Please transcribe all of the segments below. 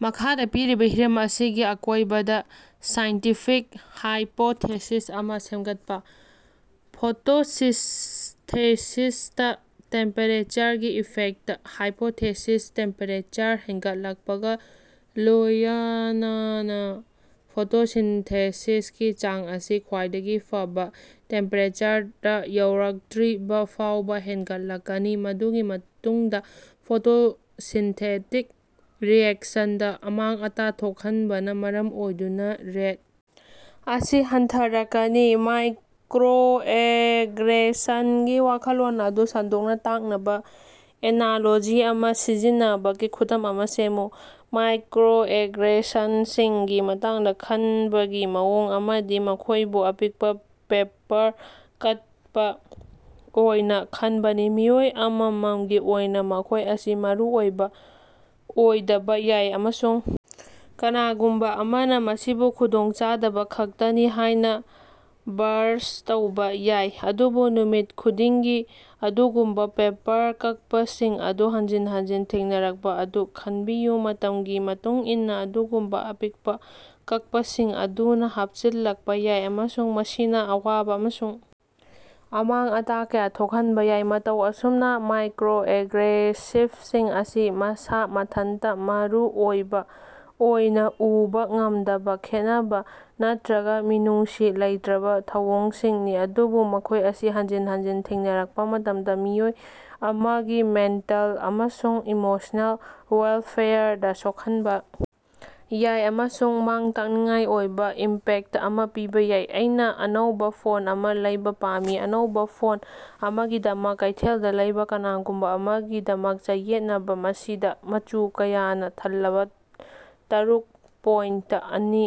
ꯃꯈꯥꯗ ꯄꯤꯔꯤꯕ ꯍꯤꯔꯝ ꯑꯁꯤꯒꯤ ꯑꯀꯣꯏꯕꯗ ꯁꯥꯏꯟꯇꯤꯐꯤꯛ ꯍꯥꯏꯄꯣꯊꯦꯁꯤꯁ ꯑꯃ ꯁꯦꯝꯒꯠꯄ:- ꯐꯣꯇꯣꯁꯤꯟꯊꯦꯁꯤꯁꯇ ꯇꯦꯝꯄꯦꯔꯦꯆꯔꯒꯤ ꯏꯐꯦꯛꯇ: ꯍꯥꯏꯄꯣꯊꯦꯁꯤꯁ- ꯇꯦꯝꯄꯦꯔꯦꯆꯔ ꯍꯦꯟꯒꯠꯂꯛꯄꯒ ꯂꯣꯌꯅꯅ ꯐꯣꯇꯣꯁꯤꯟꯊꯦꯁꯤꯁꯀꯤ ꯆꯥꯡ ꯑꯁꯤ ꯈ꯭ꯋꯥꯏꯗꯒꯤ ꯐꯕ ꯇꯦꯝꯄꯦꯔꯦꯆꯔꯗ ꯌꯧꯔꯛꯇ꯭ꯔꯤꯕꯐꯥꯎꯕ ꯍꯦꯟꯒꯠꯂꯛꯀꯅꯤ꯫ ꯃꯗꯨꯒꯤ ꯃꯇꯨꯡꯗ ꯐꯣꯇꯣꯁꯤꯟꯊꯦꯇꯤꯛ ꯔꯤꯑꯦꯛꯁꯟꯗ ꯑꯃꯥꯡ-ꯑꯇꯥ ꯊꯣꯛꯍꯟꯕꯅ ꯃꯔꯝ ꯑꯣꯏꯗꯨꯅ ꯔꯦꯠ ꯑꯁꯤ ꯍꯟꯊꯔꯛꯀꯅꯤ꯫ ꯃꯥꯏꯀ꯭ꯔꯣꯑꯦꯒ꯭ꯔꯦꯁꯟꯒꯤ ꯋꯥꯈꯜꯂꯣꯟ ꯑꯗꯨ ꯁꯟꯗꯣꯛꯅ ꯇꯥꯛꯅꯕ ꯑꯦꯅꯥꯂꯣꯖꯤ ꯑꯃ ꯁꯤꯖꯤꯟꯅꯕꯒꯤ ꯈꯨꯗꯝ ꯑꯃ ꯁꯦꯝꯃꯨ꯫ ꯃꯥꯏꯀ꯭ꯔꯣꯑꯦꯒ꯭ꯔꯦꯁꯟꯁꯤꯡꯒꯤ ꯃꯇꯥꯡꯗ ꯈꯟꯕꯒꯤ ꯃꯑꯣꯡ ꯑꯃꯗꯤ ꯃꯈꯣꯏꯕꯨ ꯑꯄꯤꯛꯄ ꯄꯦꯄꯔ ꯀꯠꯄ ꯑꯣꯏꯅ ꯈꯟꯕꯅꯤ꯫ ꯃꯤꯑꯣꯏ ꯑꯃꯃꯝꯒꯤ ꯑꯣꯏꯅ ꯃꯈꯣꯏ ꯑꯁꯤ ꯃꯔꯨꯑꯣꯏꯕ ꯑꯣꯏꯗꯕ ꯌꯥꯏ ꯑꯃꯁꯨꯡ ꯀꯅꯥꯒꯨꯝꯕ ꯑꯃꯅ ꯃꯁꯤꯕꯨ ꯈꯨꯗꯣꯡꯆꯥꯗꯕ ꯈꯛꯇꯅꯤ ꯍꯥꯏꯅ ꯕ꯭ꯔꯁ ꯇꯧꯕ ꯌꯥꯏ꯫ ꯑꯗꯨꯕꯨ ꯅꯨꯃꯤꯠ ꯈꯨꯗꯤꯡꯒꯤ ꯑꯗꯨꯒꯨꯝꯕ ꯄꯦꯄꯔ ꯀꯛꯄꯁꯤꯡ ꯑꯗꯨ ꯍꯟꯖꯤꯟ ꯍꯟꯖꯤꯟ ꯊꯦꯡꯅꯔꯛꯄ ꯑꯗꯨ ꯈꯟꯕꯤꯌꯨ꯫ ꯃꯇꯝꯒꯤ ꯃꯇꯨꯡꯏꯟꯅ ꯑꯗꯨꯒꯨꯝꯕ "ꯑꯄꯤꯛꯄ" ꯀꯛꯄꯁꯤꯡ ꯑꯗꯨꯅ ꯍꯥꯞꯆꯤꯜꯂꯛꯄ ꯌꯥꯏ ꯑꯃꯁꯨꯡ ꯃꯁꯤꯅ ꯑꯋꯥꯕ ꯑꯃꯁꯨꯡ ꯑꯃꯥꯡ-ꯑꯇꯥ ꯀꯌꯥ ꯊꯣꯛꯍꯟꯕ ꯌꯥꯏ꯫ ꯃꯇꯧ ꯑꯁꯨꯝꯅ ꯃꯥꯏꯀ꯭ꯔꯣꯑꯦꯒ꯭ꯔꯦꯁꯤꯚꯁꯤꯡ ꯑꯁꯤ ꯃꯁꯥ ꯃꯊꯟꯇ ꯃꯔꯨꯑꯣꯏꯕ ꯑꯣꯏꯅ ꯎꯕ ꯉꯝꯗꯕ ꯈꯦꯠꯅꯕ ꯅꯠꯇ꯭ꯔꯒ ꯃꯤꯅꯨꯡꯁꯤ ꯂꯩꯇ꯭ꯔꯕ ꯊꯧꯑꯣꯡꯁꯤꯡꯅꯤ꯫ ꯑꯗꯨꯕꯨ ꯃꯈꯣꯏ ꯑꯁꯤ ꯍꯟꯖꯤꯟ ꯍꯟꯖꯤꯟ ꯊꯦꯡꯅꯔꯛꯄ ꯃꯇꯝꯗ ꯃꯤꯑꯣꯏ ꯑꯃꯒꯤ ꯃꯦꯟꯇꯜ ꯑꯃꯁꯨꯡ ꯏꯃꯣꯁ꯭ꯅꯦꯜ ꯋꯦꯜꯐꯦꯌꯔꯗ ꯁꯣꯛꯍꯟꯕ ꯌꯥꯏ ꯑꯃꯁꯨꯡ ꯃꯥꯡ-ꯇꯥꯛꯅꯤꯡꯉꯥꯏ ꯑꯣꯏꯕ ꯏꯝꯄꯦꯛꯇ ꯑꯃ ꯄꯤꯕ ꯌꯥꯏ꯫ ꯑꯩꯅ ꯑꯅꯧꯕ ꯐꯣꯟ ꯑꯃ ꯂꯧꯕ ꯄꯥꯝꯃꯤ꯫ ꯑꯅꯧꯕ ꯐꯣꯟ ꯑꯃꯒꯤꯗꯃꯛ ꯀꯩꯊꯦꯜꯗ ꯂꯩꯕ ꯀꯅꯥꯒꯨꯝꯕ ꯑꯃꯒꯤꯗꯃꯛ ꯆꯌꯦꯠꯅꯕ꯫ ꯃꯁꯤꯗ ꯃꯆꯨ ꯀꯌꯥꯅ ꯊꯜꯂꯕ ꯇꯔꯨꯛ ꯄꯣꯏꯟꯇ ꯑꯅꯤ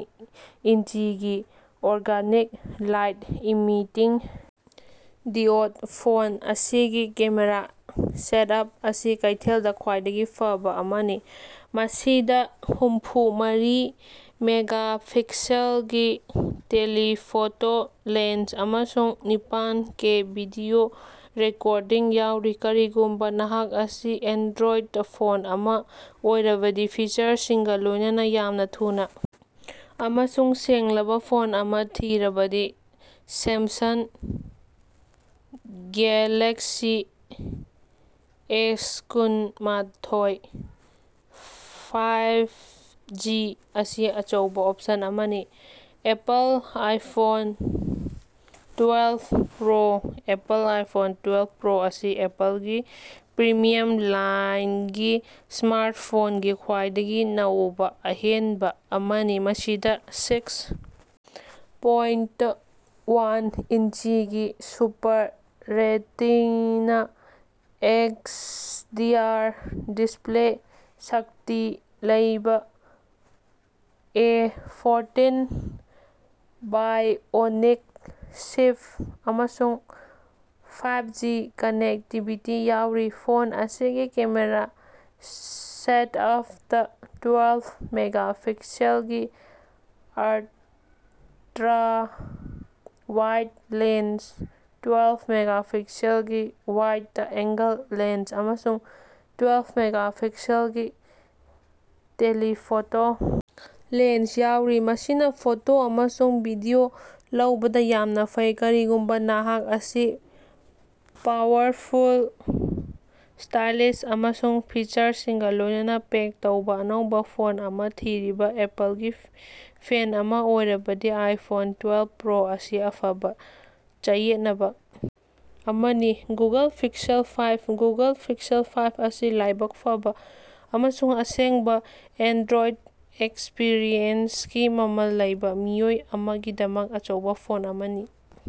ꯏꯟꯆꯤꯒꯤ organic light emitting diode phone ꯑꯁꯤꯒꯤ ꯀꯦꯃꯦꯔꯥ ꯁꯦꯠꯑꯞ ꯑꯁꯤ ꯀꯩꯊꯦꯜꯗ ꯈ꯭ꯋꯥꯏꯗꯒꯤ ꯐꯕ ꯑꯃꯅꯤ꯫ ꯃꯁꯤꯗ ꯍꯨꯝꯐꯨ ꯃꯔꯤ ꯃꯦꯒꯥꯄꯤꯛꯁꯦꯜꯒꯤ ꯇꯦꯂꯤꯐꯣꯇꯣ ꯂꯦꯟꯁ ꯑꯃꯁꯨꯡ ꯅꯤꯄꯥꯟ ꯀꯦ ꯚꯤꯗꯤꯑꯣ ꯔꯦꯀꯣꯔꯗꯤꯡ ꯌꯥꯎꯔꯤ꯫ ꯀꯔꯤꯒꯨꯝꯕ ꯅꯍꯥꯛ ꯑꯁꯤ ꯑꯦꯟꯗ꯭ꯔꯣꯏꯗ ꯐꯣꯟ ꯑꯃ ꯑꯣꯏꯔꯕꯗꯤ ꯐꯤꯆꯔꯁꯤꯡꯒ ꯂꯣꯏꯅꯅ ꯌꯥꯝꯅ ꯊꯨꯅ ꯑꯃꯁꯨꯡ ꯁꯦꯡꯂꯕ ꯐꯣꯟ ꯑꯃ ꯊꯤꯔꯕꯗꯤ ꯁꯦꯝꯁꯪ ꯒ꯭ꯌꯥꯂꯦꯛꯁꯤ ꯑꯦꯁꯀꯨꯟ ꯃꯊꯣꯏ ꯐꯥꯏꯚꯖꯤ ꯑꯁꯤ ꯑꯆꯧꯕ ꯑꯣꯞꯁꯟ ꯑꯃꯅꯤ꯫ Apple iPhone twelve Pro: Apple iPhone twelve Pro ꯑꯁꯤ ꯑꯦꯄꯜꯒꯤ ꯄ꯭ꯔꯤꯃꯤꯌꯝ ꯂꯥꯏꯟꯒꯤ ꯁ꯭ꯃꯥꯔꯠꯐꯣꯟꯒꯤ ꯈ꯭ꯋꯥꯏꯗꯒꯤ ꯅꯧꯕ ꯑꯍꯦꯟꯕ ꯑꯃꯅꯤ꯫ ꯃꯁꯤꯗ ꯁꯤꯛꯁ ꯄꯣꯏꯟꯇ ꯋꯥꯟ ꯏꯟꯆꯤꯒꯤ ꯁꯨꯄꯔ ꯔꯦꯇꯤꯅ ꯑꯦꯛꯁꯗꯤꯑꯥꯔ ꯗꯤꯁꯄ꯭ꯂꯦ, ꯁꯛꯇꯤ ꯂꯩꯕ ꯑꯦ ꯐꯣꯔꯇꯤꯟ ꯕꯥꯏꯑꯣꯅꯤꯛ ꯆꯤꯞ ꯑꯃꯁꯨꯡ ꯐꯥꯏꯚꯖꯤ ꯀꯅꯦꯛꯇꯤꯚꯤꯇꯤ ꯌꯥꯎꯔꯤ꯫ ꯐꯣꯟ ꯑꯁꯤꯒꯤ ꯀꯦꯃꯦꯔꯥ ꯁꯦꯇꯑꯞꯇ ꯇ꯭ꯋꯦꯜꯐ ꯃꯦꯒꯥꯄꯤꯛꯁꯦꯜꯒꯤ ꯑꯜꯇ꯭ꯔꯥ-ꯋꯥꯏꯗ ꯂꯦꯟꯁ, ꯇ꯭ꯋꯦꯜꯐ ꯃꯦꯒꯥꯄꯤꯛꯁꯦꯜꯒꯤ ꯋꯥꯏꯗ-ꯑꯦꯡꯒꯜ ꯂꯦꯟꯁ ꯑꯃꯁꯨꯡ ꯇ꯭ꯋꯦꯜꯐ ꯃꯦꯒꯥꯄꯤꯛꯁꯦꯜꯒꯤ ꯇꯦꯂꯤꯐꯣꯇꯣ ꯂꯦꯟꯁ ꯌꯥꯎꯔꯤ꯫ ꯃꯁꯤꯅ ꯐꯣꯇꯣ ꯑꯃꯁꯨꯡ ꯚꯤꯗꯤꯑꯣ ꯂꯧꯕꯗ ꯌꯥꯝꯅ ꯐꯩ꯫ ꯀꯔꯤꯒꯨꯝꯕ ꯅꯍꯥꯛ ꯑꯁꯤ ꯄꯥꯋꯔꯐꯨꯜ, ꯁ꯭ꯇꯥꯏꯂꯤꯁ ꯑꯃꯁꯨꯡ ꯐꯤꯆꯔꯁꯤꯡꯒ ꯂꯣꯏꯅꯅ ꯄꯦꯛ ꯇꯧꯕ ꯑꯅꯧꯕ ꯐꯣꯟ ꯑꯃ ꯊꯤꯔꯤꯕ ꯑꯦꯄꯜꯒꯤ ꯐꯦꯟ ꯑꯃ ꯑꯣꯏꯔꯕꯗꯤ ꯑꯥꯏꯐꯣꯟ ꯇ꯭ꯋꯦꯜꯐ ꯄ꯭ꯔꯣ ꯑꯁꯤ ꯑꯐꯕ ꯆꯌꯦꯠꯅꯕ ꯑꯃꯅꯤ꯫ Google Pixel five: Google Pixel five ꯑꯁꯤ ꯂꯥꯏꯕꯛ ꯐꯕ ꯑꯃꯁꯨꯡ ꯑꯁꯦꯡꯕ ꯑꯦꯟꯗ꯭ꯔꯣꯏꯗ ꯑꯦꯛꯁꯄꯤꯔꯤꯑꯦꯟꯁꯀꯤ ꯃꯃꯜ ꯂꯩꯕ ꯃꯤꯑꯣꯏ ꯑꯃꯒꯤꯗꯃꯛ ꯑꯆꯧꯕ ꯐꯣꯟ ꯑꯃꯅꯤ꯫